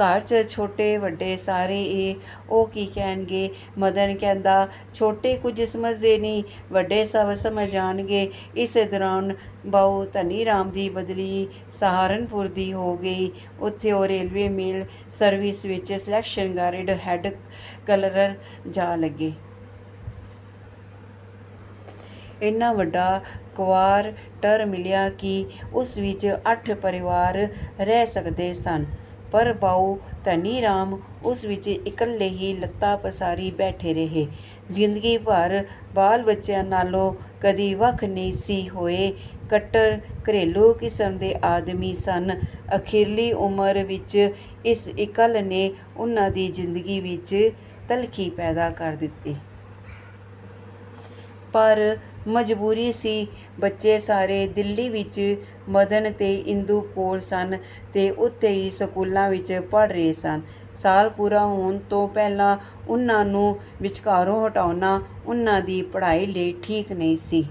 ਘਰ 'ਚ ਛੋਟੇ–ਵੱਡੇ ਸਾਰੇ ਐ, ਉਹ ਕੀ ਕਹਿਣਗੇ? " ਮਦਨ ਕਹਿੰਦਾ-"ਛੋਟੇ ਕੁਛ ਸਮਝਦੇ ਨਹੀਂ, ਵੱਡੇ ਸਭ ਸਮਝ ਜਾਣਗੇ! " ਇਸੇ ਦੌਰਾਨ ਬਾਊ ਧਨੀਰਾਮ ਦੀ ਬਦਲੀ ਸਹਾਰਨਪੁਰ ਦੀ ਹੋ ਗਈ। ਉੱਥੇ ਉਹ ਰੇਲਵੇ ਮੇਲ ਸਰਵਿਸ ਵਿਚ ਸਲੇਕਸ਼ਨ ਗਰੇਡ ਹੈਡ–ਕਲਰਕ ਜਾ ਲੱਗੇ। ਏਨਾ ਵੱਡਾ ਕਵਾਰਟਰ ਮਿਲਿਆ ਕਿ ਉਸ ਵਿਚ ਅੱਠ ਪਰਿਵਾਰ ਰਹਿ ਸਕਦੇ ਸਨ। ਪਰ ਬਾਊ ਧਨੀਰਾਮ ਉਸ ਵਿਚ ਇਕੱਲੇ ਹੀ ਲੱਤਾਂ ਪਸਾਰੀ ਬੈਠੇ ਰਹੇ। ਜ਼ਿੰਦਗੀ ਭਰ ਬਾਲ–ਬੱਚਿਆਂ ਨਾਲੋਂ ਕਦੀ ਵੱਖ ਨਹੀਂ ਸੀ ਹੋਏ। ਕੱਟੜ ਘਰੇਲੂ ਕਿਸਮ ਦੇ ਆਦਮੀ ਸਨ, ਅਖ਼ੀਰਲੀ ਉਮਰ ਵਿਚ ਇਸ ਇਕੱਲ ਨੇ ਉਹਨਾਂ ਦੀ ਜ਼ਿੰਦਗੀ ਵਿਚ ਤਲਖ਼ੀ ਪੈਦਾ ਕਰ ਦਿਤੀ। ਪਰ ਮਜ਼ਬੂਰੀ ਸੀ। ਬੱਚੇ ਸਾਰੇ ਦਿੱਲੀ ਵਿਚ ਮਦਨ ਤੇ ਇੰਦੂ ਕੋਲ ਸਨ ਤੇ ਉੱਥੇ ਹੀ ਸਕੂਲਾਂ ਵਿਚ ਪੜ੍ਹ ਰਹੇ ਸਨ। ਸਾਲ ਪੂਰਾ ਹੋਣ ਤੋਂ ਪਹਿਲਾਂ ਉਹਨਾਂ ਨੂੰ ਵਿਚਕਾਰੋਂ ਹਟਾਉਣਾ ਉਹਨਾਂ ਦੀ ਪੜ੍ਹਾਈ ਲਈ ਠੀਕ ਨਹੀਂ ਸੀ।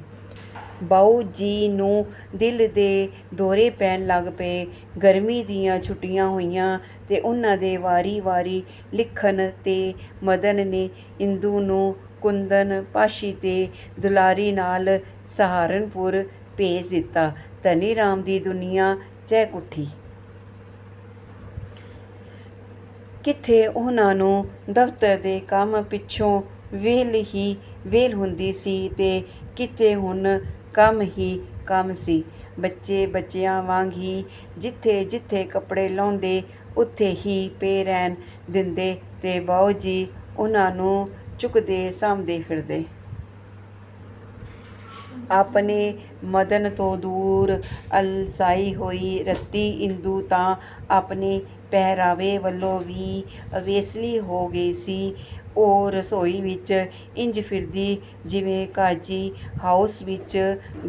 ਬਾਊਜੀ ਨੂੰ ਦਿਲ ਦੇ ਦੌਰੇ ਪੈਣ ਲੱਗ ਪਏ। ਗਰਮੀ ਦੀਆਂ ਛੁੱਟੀਆਂ ਹੋਈਆਂ ਤੇ ਉਹਨਾਂ ਦੇ ਵਾਰੀ ਵਾਰੀ ਲਿਖਣ 'ਤੇ ਮਦਨ ਨੇ ਇੰਦੂ ਨੂੰ ਕੁੰਦਨ, ਪਾਸ਼ੀ ਤੇ ਦੁਲਾਰੀ ਨਾਲ ਸਹਾਰਨਪੁਰ ਭੇਜ ਦਿਤਾ। ਧਨੀਰਾਮ ਦੀ ਦੁਨੀਆਂ ਚਹਿਕ ਉੱਠੀ। ਕਿੱਥੇ ਉਹਨਾਂ ਨੂੰ ਦਫ਼ਤਰ ਦੇ ਕੰਮ ਪਿੱਛੋਂ ਵਿਹਲ ਹੀ ਵਿਹਲ ਹੁੰਦੀ ਸੀ ਤੇ ਕਿੱਥੇ ਹੁਣ ਕੰਮ ਹੀ ਕੰਮ ਸੀ। ਬੱਚੇ, ਬੱਚਿਆਂ ਵਾਂਗ ਹੀ ਜਿੱਥੇ ਜਿੱਥੇ ਕਪੜੇ ਲਾਹੁੰਦੇ ਉੱਥੇ ਹੀ ਪਏ ਰਹਿਣ ਦਿੰਦੇ ਤੇ ਬਾਊਜੀ ਉਹਨਾਂ ਨੂੰ ਚੁੱਕਦੇ, ਸਾਂਭਦੇ ਫਿਰਦੇ। ਆਪਣੇ ਮਦਨ ਤੋਂ ਦੂਰ, ਅਲਸਾਈ ਹੋਈ ਰਤੀ ਇੰਦੂ ਤਾਂ ਆਪਣੇ ਪਹਿਰਾਵੇ ਵੱਲੋਂ ਵੀ ਅਵੇਸਲੀ ਹੋ ਗਈ ਸੀ। ਉਹ ਰਸੋਈ ਵਿਚ ਇੰਜ ਫਿਰਦੀ, ਜਿਵੇਂ ਕਾਜ਼ੀ ਹਾਊਸ ਵਿਚ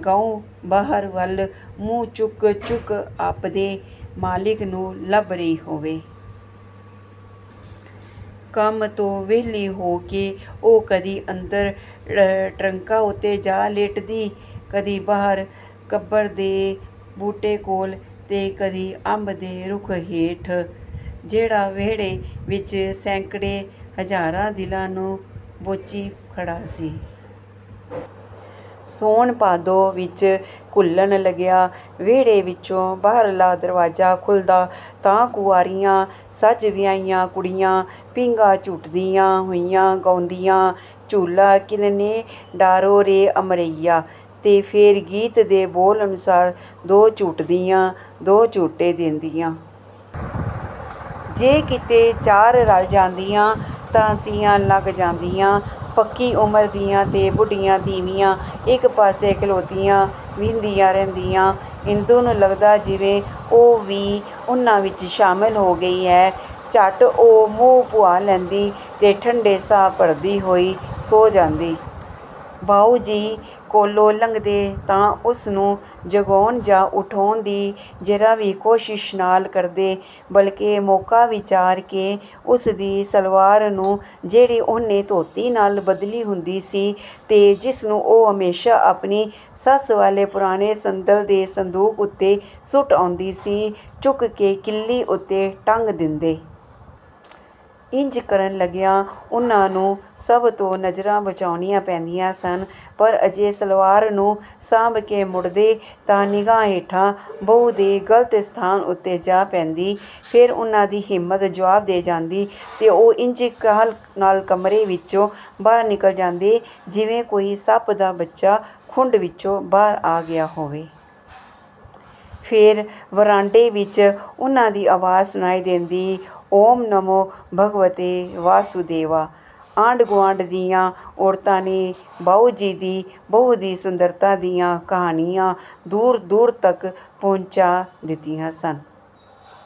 ਗਊ ਬਾਹਰ ਵੱਲ ਮੂੰਹ ਚੁੱਕ ਚੁੱਕ ਆਪਦੇ ਮਾਲਿਕ ਨੂੰ ਲੱਭ ਰਹੀ ਹੋਵੇ। ਕੰਮ ਤੋਂ ਵਿਹਲੀ ਹੋ ਕੇ ਉਹ ਕਦੀ ਅੰਦਰ ਟਰੰਕਾਂ ਉੱਤੇ ਜਾ ਲੇਟਦੀ, ਕਦੀ ਬਾਹਰ ਕੰਬਰ ਦੇ ਬੂਟੇ ਕੋਲ ਤੇ ਕਦੀ ਅੰਬ ਦੇ ਰੁੱਖ਼ ਹੇਠ, ਜਿਹੜਾ ਵਿਹੜੇ ਵਿਚ ਸੈਂਕੜੇ ਹਜ਼ਾਰਾਂ ਦਿਲਾਂ ਨੂੰ ਬੋਚੀ ਖੜ੍ਹਾ ਸੀ। ਸੌਣ, ਭਾਦੋਂ ਵਿਚ ਘੁਲਣ ਲੱਗਿਆ। ਵਿਹੜੇ ਵਿਚੋਂ ਬਾਹਰਲਾ ਦਰਵਾਜ਼ਾ ਖੁੱਲ੍ਹਦਾ ਤਾਂ ਕੁਆਰੀਆਂ, ਸੱਜ–ਵਿਆਹੀਆਂ ਕੁੜੀਆਂ ਪੀਂਘਾਂ ਝੂਟਦੀਆਂ ਹੋਈਆਂ ਗਾਉਂਦੀਆਂ: 'ਝੂਲਾ ਕਿਨ ਨੇ ਡਾਰੋ ਰੇ ਅਮਰੈਯਾਂ… ' ਤੇ ਫੇਰ ਗੀਤ ਦੇ ਬੋਲ ਅਨੁਸਾਰ ਦੋ ਝੂਟਦੀਆਂ, ਦੋ ਝੂਟੇ ਦੇਂਦੀਆਂ। ਜੇ ਕਿਤੇ ਚਾਰ ਰਲ ਜਾਂਦੀਆਂ ਤਾਂ ਤੀਆਂ ਲੱਗ ਜਾਂਦੀਆਂ। ਪੱਕੀ ਉਮਰ ਦੀਆਂ ਤੇ ਬੁੱਢੀਆਂ ਤੀਵੀਂਆਂ ਇਕ ਪਾਸੇ ਖਲੋਤੀਆਂ ਵਿਹੰਦੀਆਂ ਰਹਿੰਦੀਆਂ। ਇੰਦੂ ਨੂੰ ਲੱਗਦਾ ਜਿਵੇਂ ਉਹ ਵੀ ਉਹਨਾਂ ਵਿਚ ਸ਼ਾਮਿਲ ਹੋ ਗਈ ਹੈ। ਝੱਟ ਉਹ ਮੂੰਹ ਭੂਆਂ ਲੈਂਦੀ ਤੇ ਠੰਡੇ ਸਾਹ ਭਰਦੀ ਹੋਈ ਸੌਂ ਜਾਂਦੀ। ਬਾਊਜੀ ਕੋਲੋਂ ਲੰਘਦੇ ਤਾਂ ਉਸਨੂੰ ਜਗਾਉਣ ਜਾਂ ਉਠਾਉਣ ਦੀ ਜ਼ਰਾ ਵੀ ਕੋਸ਼ਿਸ਼ ਨਾਲ ਕਰਦੇ, ਬਲਿਕੇ ਮੌਕਾ ਵਿਚਾਰ ਕੇ ਉਸਦੀ ਸਲਵਾਰ ਨੂੰ ਜਿਹੜੀ ਉਹਨੇ ਧੋਤੀ ਨਾਲ ਬਦਲੀ ਹੁੰਦੀ ਸੀ ਤੇ ਜਿਸਨੂੰ ਉਹ ਹਮੇਸ਼ਾ ਆਪਣੀ ਸੱਸ ਵਾਲੇ ਪੁਰਾਣੇ ਸੰਦਲ ਦੇ ਸੰਦੂਕ ਉੱਤੇ ਸੁੱਟ ਆਉਂਦੀ ਸੀ, ਚੁੱਕ ਕੇ ਕਿੱਲੀ ਉੱਤੇ ਟੰਗ ਦਿੰਦੇ। ਇੰਜ ਕਰਨ ਲੱਗਿਆਂ ਉਹਨਾਂ ਨੂੰ ਸਭ ਤੋਂ ਨਜ਼ਰਾਂ ਬਚਾਉਣੀਆਂ ਪੈਂਦੀਆਂ ਸਨ। ਪਰ ਅਜੇ ਸਲਵਾਰ ਨੂੰ ਸਾਂਭ ਕੇ ਮੁੜਦੇ, ਤਾਂ ਨਿਗਾਹ ਹੇਠਾਂ ਬਹੂ ਦੇ ਗਲਤ ਸਥਾਨ ਉੱਤੇ ਜਾ ਪੈਂਦੀ। ਫੇਰ ਉਹਨਾਂ ਦੀ ਹਿੰਮਤ ਜਵਾਬ ਦੇ ਜਾਂਦੀ ਤੇ ਉਹ ਇੰਜ ਕਾਹਲ ਨਾਲ ਕਮਰੇ ਵਿਚੋਂ ਬਾਹਰ ਨਿਕਲ ਜਾਂਦੇ, ਜਿਵੇਂ ਕੋਈ ਸੱਪ ਦਾ ਬੱਚਾ ਖੁੱਡ ਵਿਚੋਂ ਬਾਹਰ ਆ ਗਿਆ ਹੋਵੇ। ਫੇਰ ਵਰਾਂਡੇ ਵਿਚ ਉਹਨਾਂ ਦੀ ਆਵਾਜ਼ ਸੁਣਾਈ ਦੇਂਦੀ-'ਓਮ ਨਮੋ ਭਗਵਤੇ ਵਾਸੁਦੇਵਾ… ' ਆਂਢ–ਗੁਆਂਢ ਦੀਆਂ ਔਰਤਾਂ ਨੇ ਬਾਊਜੀ ਦੀ ਬਹੂ ਦੀ ਸੁੰਦਰਤਾ ਦੀਆਂ ਕਹਾਣੀਆਂ ਦੂਰ–ਦੂਰ ਤਕ ਪਹੁੰਚਾਅ ਦਿਤੀਆਂ ਸਨ।